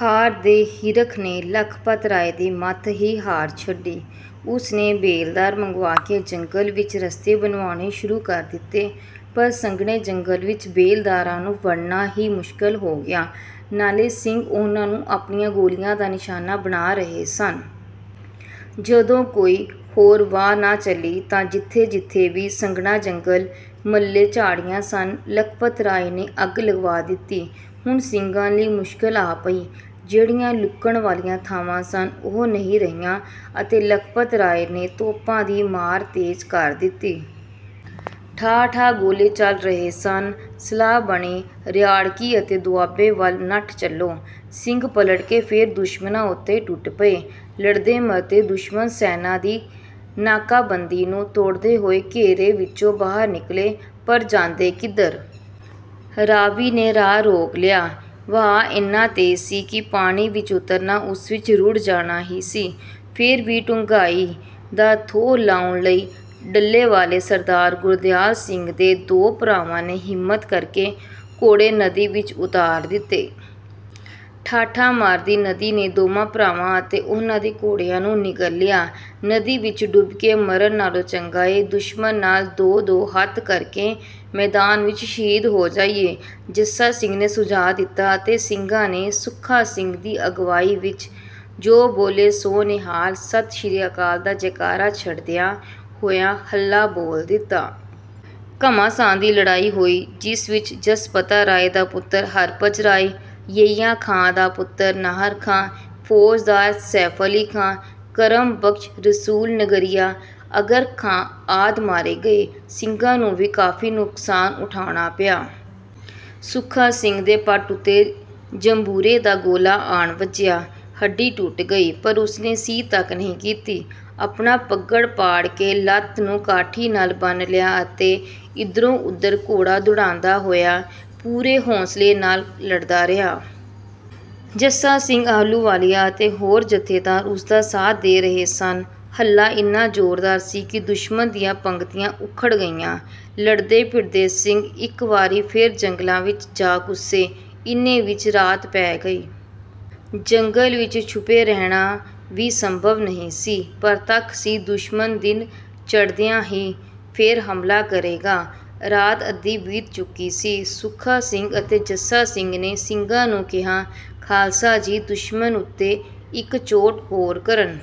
ਹਾਰ ਦੇ ਹਿਰਖ ਨੇ ਲਖਪਤ ਰਾਏ ਦੀ ਮੱਤ ਹੀ ਮਾਰ ਛੱਡੀ। ਉਸਨੇ ਬੇਲਦਾਰ ਮੰਗਵਾ ਕੇ ਜੰਗਲ ਵਿੱਚ ਰਸਤੇ ਬਣਵਾਉਣੇ ਸ਼ੁਰੂ ਕਰ ਦਿੱਤੇ ਪਰ ਸੰਘਣੇ ਜੰਗਲ ਵਿੱਚ ਬੇਲਦਾਰਾਂ ਨੂੰ ਵੜਨਾ ਹੀ ਮੁਸ਼ਕਲ ਹੋ ਗਿਆ, ਨਾਲੇ ਸਿੰਘ ਉਹਨਾਂ ਨੂੰ ਆਪਣੀਆਂ ਗੋਲੀਆਂ ਦਾ ਨਿਸ਼ਾਨਾ ਬਣਾ ਰਹੇ ਸਨ। ਜਦੋਂ ਕੋਈ ਹੋਰ ਵਾਹ ਨਾ ਚੱਲੀ ਤਾਂ ਜਿੱਥੇ-ਜਿੱਥੇ ਵੀ ਸੰਘਣਾ ਜੰਗਲ, ਮਲ੍ਹੇ-ਝਾੜੀਆਂ ਸਨ, ਲਖਪਤ ਰਾਏ ਨੇ ਅੱਗ ਲਗਵਾ ਦਿੱਤੀ। ਹੁਣ ਸਿੰਘਾਂ ਲਈ ਮੁਸ਼ਕਲ ਆ ਪਈ। ਜਿਹੜੀਆਂ ਲੁਕਣ ਵਾਲੀਆਂ ਥਾਵਾਂ ਸਨ ਉਹ ਨਹੀਂ ਰਹੀਆਂ ਅਤੇ ਲਖਪਤ ਰਾਏ ਨੇ ਤੋਪਾਂ ਦੀ ਮਾਰ ਤੇਜ਼ ਕਰ ਦਿੱਤੀ। ਠਾਹ-ਠਾਹ ਗੋਲੇ ਚੱਲ ਰਹੇ ਸਨ। ਸਲਾਹ ਬਣੀ, "ਰਿਆੜਕੀ ਅਤੇ ਦੁਆਬੇ ਵੱਲ ਨੱਠ ਚੱਲੋ।" ਸਿੰਘ ਪਲਟ ਕੇ ਫੇਰ ਦੁਸ਼ਮਣਾਂ ਉੱਤੇ ਟੁੱਟ ਪਏ। ਲੜਦੇ-ਮਰਦੇ ਦੁਸ਼ਮਣ ਸੈਨਾਂ ਦੀ ਨਾਕਾਬੰਦੀ ਨੂੰ ਤੋੜਦੇ ਹੋਏ ਘੇਰੇ ਵਿੱਚੋਂ ਬਾਹਰ ਨਿਕਲੇ ਪਰ ਜਾਂਦੇ ਕਿੱਧਰ? ਰਾਵੀ ਨੇ ਰਾਹ ਰੋਕ ਲਿਆ। ਵਹਾਅ ਇੰਨਾ ਤੇਜ਼ ਸੀ ਕਿ ਪਾਣੀ ਵਿੱਚ ਉਤਰਨਾ, ਉਸ ਵਿੱਚ ਰੁੜ੍ਹ ਜਾਣਾ ਹੀ ਸੀ। ਫੇਰ ਵੀ ਡੂੰਘਾਈ ਦਾ ਥੋਹ ਲਾਉਣ ਲਈ ਡੱਲੇਵਾਲੇ ਸਰਦਾਰ ਗੁਰਦਿਆਲ ਸਿੰਘ ਦੇ ਦੋ ਭਰਾਵਾਂ ਨੇ ਹਿੰਮਤ ਕਰਕੇ ਘੋੜੇ ਨਦੀ ਵਿੱਚ ਉਤਾਰ ਦਿੱਤੇ। ਠਾਠਾਂ ਮਾਰਦੀ ਨਦੀ ਨੇ ਦੋਵਾਂ ਭਰਾਵਾਂ ਅਤੇ ਉਹਨਾਂ ਦੇ ਘੋੜਿਆਂ ਨੂੰ ਨਿਗਲ ਲਿਆ। "ਨਦੀ ਵਿੱਚ ਡੁੱਬ ਕੇ ਮਰਨ ਨਾਲੋਂ ਚੰਗਾ ਏ, ਦੁਸ਼ਮਣ ਨਾਲ ਦੋ-ਦੋ ਹੱਥ ਕਰਕੇ ਮੈਦਾਨ ਵਿੱਚ ਸ਼ਹੀਦ ਹੋ ਜਾਈਏ।" ਜੱਸਾ ਸਿੰਘ ਨੇ ਸੁਝਾਅ ਦਿੱਤਾ ਅਤੇ ਸਿੰਘਾਂ ਨੇ ਸੁੱਖਾ ਸਿੰਘ ਦੀ ਅਗਵਾਈ ਵਿੱਚ, 'ਜੋ ਬੋਲੇ ਸੋ ਨਿਹਾਲ, ਸਤਿ ਸ੍ਰੀ ਅਕਾਲ' ਦਾ ਜੈਕਾਰਾ ਛੱਡਦਿਆਂ ਹੋਇਆਂ ਹੱਲਾ ਬੋਲ ਦਿੱਤਾ। ਘਮਾਸਾਨ ਦੀ ਲੜਾਈ ਹੋਈ, ਜਿਸ ਵਿੱਚ ਜਸਪਤਾ ਰਾਏ ਦਾ ਪੁੱਤਰ ਹਰਭਜ ਰਾਏ, ਯਹੀਆ ਖਾਂ ਦਾ ਪੁੱਤਰ ਨਾਹਰ ਖਾਂ, ਫੌਜਦਾਰ ਸੈਫ਼ਅਲੀ ਖਾਂ, ਕਰਮ ਬਖ਼ਸ਼ ਰਸੂਲ ਨਗਰੀਆ, ਅਗਰ ਖਾਂ ਆਦਿ ਮਾਰੇ ਗਏ। ਸਿੰਘਾਂ ਨੂੰ ਵੀ ਕਾਫੀ ਨੁਕਸਾਨ ਉਠਾਉਣਾ ਪਿਆ। ਸੁੱਖਾ ਸਿੰਘ ਦੇ ਪੱਟ ਉੱਤੇ ਜੰਬੂਰੇ ਦਾ ਗੋਲਾ ਆਣ ਵੱਜਿਆ। ਹੱਡੀ ਟੁੱਟ ਗਈ, ਪਰ ਉਸਨੇ 'ਸੀ' ਤੱਕ ਨਹੀਂ ਕੀਤੀ। ਆਪਣਾ ਪੱਗੜ ਪਾੜ ਕੇ ਲੱਤ ਨੂੰ ਕਾਠੀ ਨਾਲ ਬੰਨ੍ਹ ਲਿਆ ਅਤੇ ਇਧਰੋਂ-ਉਧਰ ਘੋੜਾ ਦੌੜਾਉਂਦਾ ਹੋਇਆ ਪੂਰੇ ਹੌਂਸਲੇ ਨਾਲ ਲੜਦਾ ਰਿਹਾ। ਜੱਸਾ ਸਿੰਘ ਆਹਲੂਵਾਲੀਆ ਅਤੇ ਹੋਰ ਜੱਥੇਦਾਰ ਉਸਦਾ ਸਾਥ ਦੇ ਰਹੇ ਸਨ। ਹੱਲਾ ਇੰਨਾ ਜ਼ੋਰਦਾਰ ਸੀ ਕਿ ਦੁਸ਼ਮਣ ਦੀਆਂ ਪੰਗਤੀਆਂ ਉਖੜ ਗਈਆਂ। ਲੜਦੇ-ਭਿੜਦੇ ਸਿੰਘ ਇੱਕ ਵਾਰੀ ਫੇਰ ਜੰਗਲਾਂ ਵਿੱਚ ਜਾ ਘੁਸੇ। ਇੰਨੇ ਵਿੱਚ ਰਾਤ ਪੈ ਗਈ। ਜੰਗਲ ਵਿੱਚ ਛੁਪੇ ਰਹਿਣਾ ਵੀ ਸੰਭਵ ਨਹੀਂ ਸੀ। ਪਰਤੱਖ ਸੀ ਦੁਸ਼ਮਣ ਦਿਨ ਚੜ੍ਹਦਿਆਂ ਹੀ ਫੇਰ ਹਮਲਾ ਕਰੇਗਾ। ਰਾਤ ਅੱਧੀ ਬੀਤ ਚੁੱਕੀ ਸੀ। ਸੁੱਖਾ ਸਿੰਘ ਅਤੇ ਜੱਸਾ ਸਿੰਘ ਨੇ ਸਿੰਘਾਂ ਨੂੰ ਕਿਹਾ, "ਖਾਲਸਾ ਜੀ, ਦੁਸ਼ਮਣ ਉੱਤੇ ਇੱਕ ਚੋਟ ਹੋਰ ਕਰਨ